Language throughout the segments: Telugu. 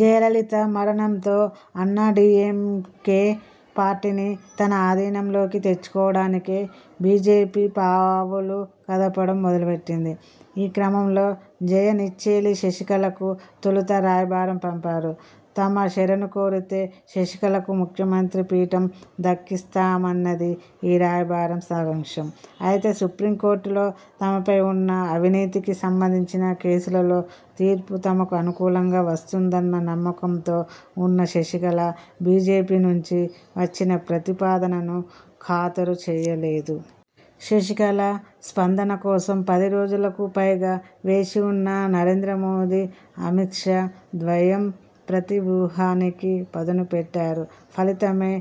జయలలిత మరణంతో అన్నాడీఎంకే పార్టీని తన అధీనంలోకి తెచ్చుకోవడానికి బీజేపీ పావులు కదపడం మొదలుపెట్టింది. ఈ క్రమంలో జయ నెచ్చెలి శశికళకు తొలుత రాయబారం పంపారు. తమ శరణు కోరితే శశికళకు ముఖ్యమంత్రి పీఠం దక్కిస్తామన్నది ఈ రాయబారం సారాంశం. అయితే, సుప్రీం కోర్టులో తమపై ఉన్న అవినీతికి సంబంధించిన కేసులలో తీర్పు తమకు అనుకూలంగా వస్తుందన్న నమ్మకంతో ఉన్న శశికళ బీజేపీ నుంచి వచ్చిన ప్రతిపాదనను ఖాతరు చేయలేదు. శశికళ స్పందన కోసం పది రోజులకు పైగా వేచి ఉన్న నరేంద్ర మోదీ, అమిత్ షా ద్వయం ప్రతి వూహానికి పదును పెట్టారు. ఫలితమే,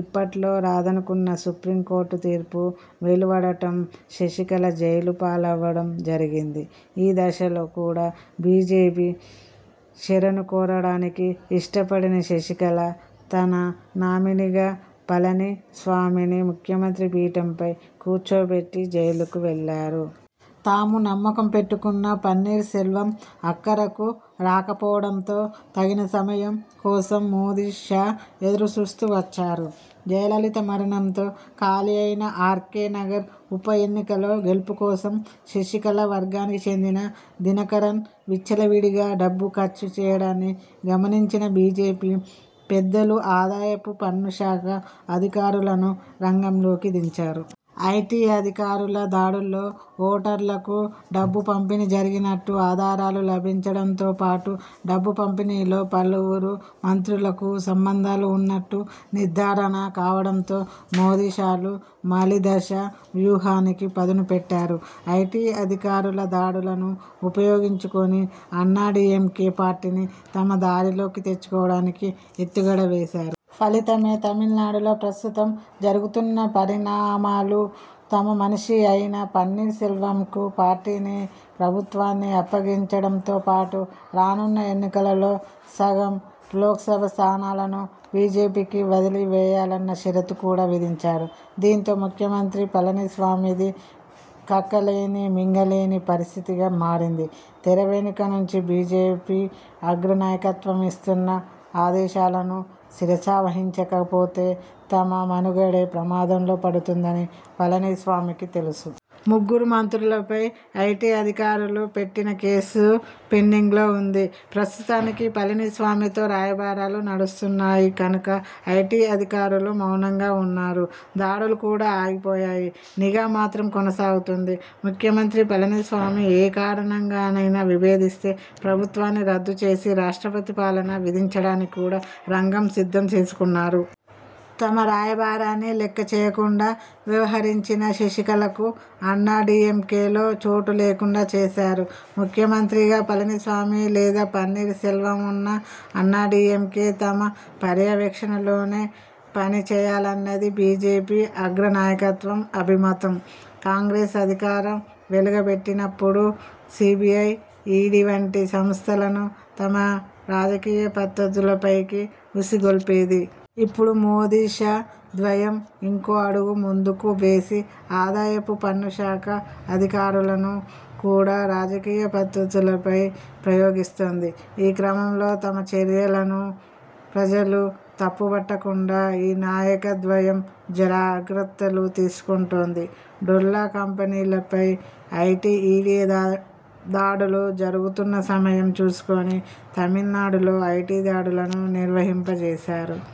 ఇప్పట్లో రాదనుకున్న సుప్రీం కోర్టు తీర్పు వెలువడటం, శశికళ జైలు పాలవ్వడం జరిగింది. ఈ దశలో కూడా బీజేపీ శరణు కోరడానికి ఇష్టపడని శశికళ తన నామినీగా పళని స్వామిని ముఖ్యమంత్రి పీఠంపై కూర్చోబెట్టి జైలుకు వెళ్లారు. తాము నమ్మకం పెట్టుకున్న పన్నీర్ సెల్వం అక్కరకు రాకపోవడంతో తగిన సమయం కోసం మోదీ, షా ఎదురు చూస్తూ వచ్చారు. జయలలిత మరణంతో ఖాళీ అయిన ఆర్కే నగర్ ఉప ఎన్నికలో గెలుపు కోసం శశికళ వర్గానికి చెందిన దినకరన్ విచ్చలవిడిగా డబ్బు ఖర్చు చేయడాన్ని గమనించిన బీజేపీ పెద్దలు ఆదాయపు పన్ను శాఖ అధికారులను రంగంలోకి దించారు. ఐటీ అధికారుల దాడుల్లో ఓటర్లకు డబ్బు పంపిణీ జరిగినట్టు ఆధారాలు లభించడంతోపాటు డబ్బు పంపిణీలో పలువురు మంత్రులకు సంబంధాలు ఉన్నట్టు నిర్ధారణ కావడంతో మోదీ– షాలు మలి దశ వ్యూహానికి పదును పెట్టారు. ఐటీ అధికారుల దాడులను ఉపయోగించుకొని అన్నాడీఎంకే పార్టీని తమ దారిలోకి తెచ్చుకోవడానికి ఎత్తుగడ వేశారు. ఫలితమే, తమిళనాడులో ప్రస్తుతం జరుగుతున్న పరిణామాలు. తమ మనిషి అయిన పన్నీర్ సెల్వంకు పార్టీని, ప్రభుత్వాన్ని అప్పగించడంతోపాటు రానున్న ఎన్నికలలో సగం లోక్సభ స్థానాలను బీజేపీకి వదిలి వేయాలన్న షరతు కూడా విధించారు. దీంతో, ముఖ్యమంత్రి పళనిస్వామిది కక్కలేని మింగలేని పరిస్థితిగా మారింది. తెర వెనుక నుంచి బీజేపీ అగ్ర నాయకత్వం ఇస్తున్న ఆదేశాలను శిరసావహించకపోతే తమ మనుగడే ప్రమాదంలో పడుతుందని పళని స్వామికి తెలుసు! ముగ్గురు మంత్రులపై ఐటీ అధికారులు పెట్టిన కేసు పెండింగ్లో ఉంది. ప్రస్తుతానికి పళనిస్వామితో రాయబారాలు నడుస్తున్నాయి కనుక, ఐటీ అధికారులు మౌనంగా ఉన్నారు. దాడులు కూడా ఆగిపోయాయి. నిఘా మాత్రం కొనసాగుతుంది. ముఖ్యమంత్రి పళని స్వామి ఏ కారణంగానైనా విభేదిస్తే, ప్రభుత్వాన్ని రద్దు చేసి రాష్ట్రపతి పాలన విధించడానికి కూడా రంగం సిద్ధం చేసుకున్నారు. తమ రాయబారాన్ని లెక్క చేయకుండా వ్యవహరించిన శశికళకు అన్నాడీఎంకేలో చోటు లేకుండా చేశారు. ముఖ్యమంత్రిగా పళనిస్వామి లేదా పన్నీర్ సెల్వం ఉన్నా అన్నాడీఎంకే తమ పర్యవేక్షణలోనే పని చేయాలన్నది బీజేపీ అగ్ర నాయకత్వం అభిమతం. కాంగ్రెస్ అధికారం వెలగబెట్టినప్పుడు సీబీఐ, ఈడీ వంటి సంస్థలను తమ రాజకీయ పతర్థులపైకి ఉసిగొల్పేది. ఇప్పుడు మోదీ– షా ద్వయం ఇంకో అడుగు ముందుకు వేసి ఆదాయపు పన్ను శాఖ అధికారులను కూడా రాజకీయ పతర్థులపై ప్రయోగిస్తోంది. ఈ క్రమంలో తమ చర్యలను ప్రజలు తప్పుబట్టకుండా ఈ నాయక ద్వయం జాగ్రత్తలు తీసుకుంటోంది. డొల్ల కంపెనీలపై ఐటీ, ఈడీ దాడులు జరుగుతున్న సమయం చూసుకొని తమిళనాడులో ఐటీ దాడులను నిర్వహింపచేశారు.